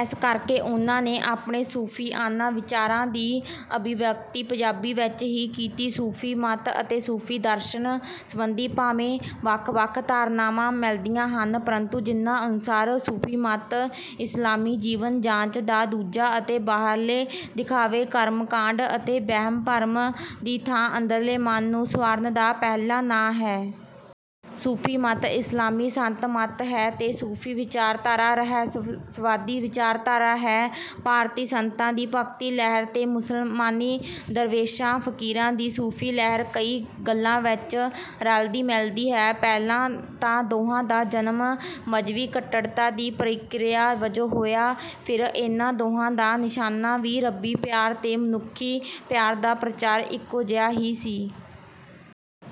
ਇਸ ਕਰਕੇ ਉਹਨਾਂ ਨੇ ਆਪਣੇ ਸੂਫ਼ੀਆਨਾ ਵਿਚਾਰਾਂ ਦੀ ਅਭਿਵਿਅਕਤੀ ਪੰਜਾਬੀ ਵਿੱਚ ਹੀ ਕੀਤੀ। ਸੂਫ਼ੀ ਮਤ ਅਤੇ ਸੂਫ਼ੀ ਦਰਸ਼ਨ ਸੰਬੰਧੀ ਭਾਵੇਂ ਵੱਖ-ਵੱਖ ਧਾਰਨਾਵਾਂ ਮਿਲਦੀਆਂ ਹਨ, ਪ੍ਰੰਤੂ ਜਿਨ੍ਹਾਂ ਅਨੁਸਾਰ ਸੂਫ਼ੀ ਮਤ ਇਸਲਾਮੀ ਜੀਵਨ-ਜਾਂਚ ਦਾ ਦੂਜਾ ਅਤੇ ਬਾਹਰਲੇ ਦਿਖਾਵੇ, ਕਰਮਕਾਂਡ ਅਤੇ ਵਹਿਮ-ਭਰਮ ਦੀ ਥਾਂ ਅੰਦਰਲੇ ਮਨ ਨੂੰ ਸੁਆਰਨ ਦਾ ਪਹਿਲਾ ਨਾਂ ਹੈ। "ਸੂਫ਼ੀ ਮਤ ਇਸਲਾਮੀ ਸੰਤ ਮਤ ਹੈ ਤੇ ਸੂਫ਼ੀ ਵਿਚਾਰਧਾਰਾ ਰਹੱਸਵਾਦੀ ਵਿਚਾਰਧਾਰਾ ਹੈ।" ਭਾਰਤੀ ਸੰਤਾਂ ਦੀ ਭਗਤੀ ਲਹਿਰ ਤੇ ਮੁਸਲਮਾਨੀ ਦਰਵੇਸ਼ਾਂ, ਫ਼ਕੀਰਾਂ ਦੀ ਸੂਫ਼ੀ ਲਹਿਰ ਕਈ ਗੱਲਾਂ ਵਿੱਚ ਰਲਦੀ-ਮਿਲਦੀ ਹੈ। ਪਹਿਲਾਂ ਤਾਂ ਦੋਹਾਂ ਦਾ ਜਨਮ ਮਜ਼੍ਹਬੀ ਕੱਟੜਤਾ ਦੀ ਪ੍ਰਤੀਕ੍ਰਿਆ ਵਜੋਂ ਹੋਇਆ, ਫਿਰ ਇਹਨਾਂ ਦੋਹਾਂ ਦਾ ਨਿਸ਼ਾਨਾ ਵੀ ਰੱਬੀ ਪਿਆਰ ਤੇ ਮਨੁੱਖੀ ਪਿਆਰ ਦਾ ਪ੍ਰਚਾਰ ਇੱਕੋ ਜਿਹਾ ਹੀ ਸੀ।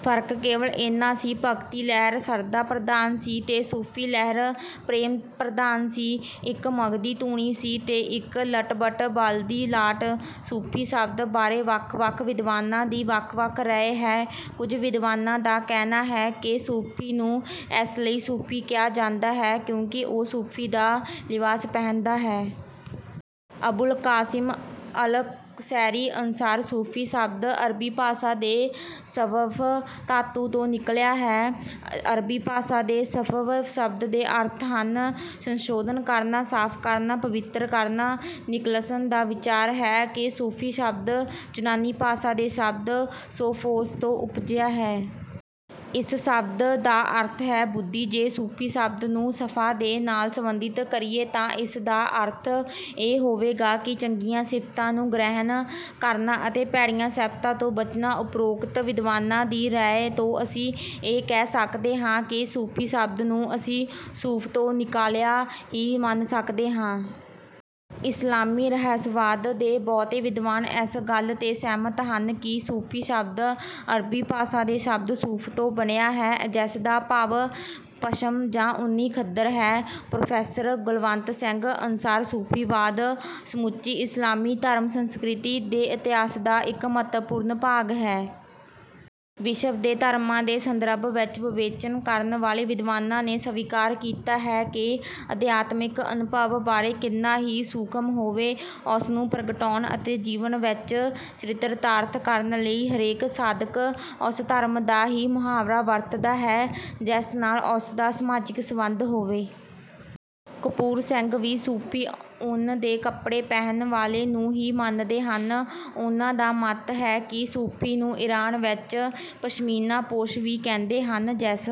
ਫ਼ਰਕ ਕੇਵਲ ਇੰਨਾ ਸੀ, ਭਗਤੀ ਲਹਿਰ ਸਰਧਾ-ਪ੍ਰਧਾਨ ਸੀ ਤੇ ਸੂਫ਼ੀ ਲਹਿਰ ਪ੍ਰੇਮ-ਪ੍ਰਧਾਨ ਸੀ। ਇੱਕ ਮਘਦੀ ਧੂਣੀ ਸੀ ਤੇ ਇੱਕ ਲਟ-ਲਟ ਬਲਦੀ ਲਾਟ। ਸੂਫ਼ੀ ਸ਼ਬਦ ਬਾਰੇ ਵੱਖ-ਵੱਖ ਵਿਦਵਾਨਾਂ ਦੀ ਵੱਖ-ਵੱਖ ਰਾਇ ਹੈ। ਕੁਝ ਵਿਦਵਾਨਾਂ ਦਾ ਕਹਿਣਾ ਹੈ ਕਿ 'ਸੂਫ਼ੀ' ਨੂੰ ਇਸ ਲਈ 'ਸੂਫ਼ੀ' ਕਿਹਾ ਜਾਂਦਾ ਹੈ ਕਿਉਂਕਿ ਉਹ ਸੂਫ਼ ਦਾ ਲਿਬਾਸ ਪਹਿਨਦਾ ਹੈ। ਅਬੁਲ ਕਾਸਿਮ ਅਲ-ਕੁਸ਼ੈਰੀ ਅਨੁਸਾਰ ਸੂਫ਼ੀ ਸ਼ਬਦ ਅਰਬੀ ਭਾਸਾ ਦੇ ਸਫ਼ਵ ਧਾਤੂ ਤੋਂ ਨਿਕਲਿਆ ਹੈ। ਅਰਬੀ ਭਾਸਾ ਦੇ ਸਫ਼ਵ ਸ਼ਬਦ ਦੇ ਅਰਥ ਹਨ - ਸੰਸ਼ੋਧਨ ਕਰਨਾ, ਸਾਫ਼ ਕਰਨਾ, ਪਵਿੱਤਰ ਕਰਨਾ। ਨਿਕਲਸਨ ਦਾ ਵਿਚਾਰ ਹੈ ਕਿ ਸੂਫ਼ੀ ਸ਼ਬਦ ਯੂਨਾਨੀ ਭਾਸਾ ਦੇ ਸ਼ਬਦ 'ਸੋਫ਼ੋਸ' ਤੋਂ ਉਪਜਿਆ ਹੈ। ਇਸ ਸ਼ਬਦ ਦਾ ਅਰਥ ਹੈ 'ਬੁੱਧੀ'। ਜੇ ਸੂਫ਼ੀ ਸ਼ਬਦ ਨੂੰ 'ਸ਼ਫ਼ਾ' ਦੇ ਨਾਲ ਸਬੰਧਿਤ ਕਰੀਏ ਤਾਂ ਇਸ ਦਾ ਅਰਥ ਇਹ ਹੋਵੇਗਾ ਕਿ ਚੰਗੀਆਂ ਸਿਫ਼ਤਾਂ ਨੂੰ ਗ੍ਰਹਿਣ ਕਰਨਾ ਅਤੇ ਭੈੜੀਆਂ ਸਿਫ਼ਤਾਂ ਤੋਂ ਬਚਣਾ। ਉਪਰੋਕਤ ਵਿਦਵਾਨਾਂ ਦੀ ਰਾਇ ਤੋਂ ਅਸੀਂ ਇਹ ਕਹਿ ਸਕਦੇ ਹਾਂ ਕਿ ਸੂਫ਼ੀ ਸਬਦ ਨੂੰ ਅਸੀਂ 'ਸੂਫ਼' ਤੋਂ ਨਿਕਾਲਿਆ ਹੀ ਮੰਨ ਸਕਦੇ ਹਾਂ। "ਇਸਲਾਮੀ ਰਹੱਸਵਾਦ ਦੇ ਬਹੁਤੇ ਵਿਦਵਾਨ ਇਸ ਗੱਲ 'ਤੇ ਸਹਿਮਤ ਹਨ ਕਿ 'ਸੂਫ਼ੀ' ਸ਼ਬਦ ਅਰਬੀ ਭਾਸਾ ਦੇ ਸ਼ਬਦ 'ਸੂਫ਼' ਤੋਂ ਬਣਿਆ ਹੈ, ਜਿਸ ਦਾ ਭਾਵ ਪਸ਼ਮ ਜਾਂ ਉੱਨੀ ਖੱਦਰ ਹੈ।" ਪ੍ਰੋਫੈਸਰ ਗੁਲਵੰਤ ਸਿੰਘ ਅਨੁਸਾਰ ਸੂਫ਼ੀਵਾਦ ਸਮੁੱਚੀ ਇਸਲਾਮੀ ਧਰਮ-ਸੰਸਕ੍ਰਿਤੀ ਦੇ ਇਤਿਹਾਸ ਦਾ ਇੱਕ ਮਹੱਤਵਪੂਰਨ ਭਾਗ ਹੈ। ਵਿਸ਼ਵ ਦੇ ਧਰਮਾਂ ਦੇ ਸੰਦਰਭ ਵਿੱਚ ਵਿਵੇਚਨ ਕਰਨ ਵਾਲੇ ਵਿਦਵਾਨਾਂ ਨੇ ਸਵੀਕਾਰ ਕੀਤਾ ਹੈ ਕਿ ਅਧਿਆਤਮਿਕ ਅਨੁਭਵ ਬਾਰੇ ਕਿੰਨਾ ਵੀ ਸੂਖਮ ਹੋਵੇ, ਉਸ ਨੂੰ ਪ੍ਰਗਟਾਉਣ ਅਤੇ ਜੀਵਨ ਵਿੱਚ ਚਰਿਤਾਰਥ ਕਰਨ ਲਈ ਹਰੇਕ ਸਾਧਕ ਉਸ ਧਰਮ ਦਾ ਹੀ ਮੁਹਾਵਰਾ ਵਰਤਦਾ ਹੈ, ਜਿਸ ਨਾਲ ਉਸ ਦਾ ਸਮਾਜਿਕ ਸਬੰਧ ਹੋਵੇ। ਕਪੂਰ ਸਿੰਘ ਵੀ ਸੂਫ਼ੀ, ਊਨ ਦੇ ਕੱਪੜੇ ਪਹਿਨ ਵਾਲੇ ਨੂੰ ਹੀ ਮੰਨਦੇ ਹਨ। ਉਹਨਾਂ ਦਾ ਮੱਤ ਹੈ ਕਿ "ਸੂਫ਼ੀ ਨੂੰ ਈਰਾਨ ਵਿੱਚ 'ਪਸ਼ਮੀਨਾ-ਪੋਸ਼' ਵੀ ਕਹਿੰਦੇ ਹਨ, ਜਿਸ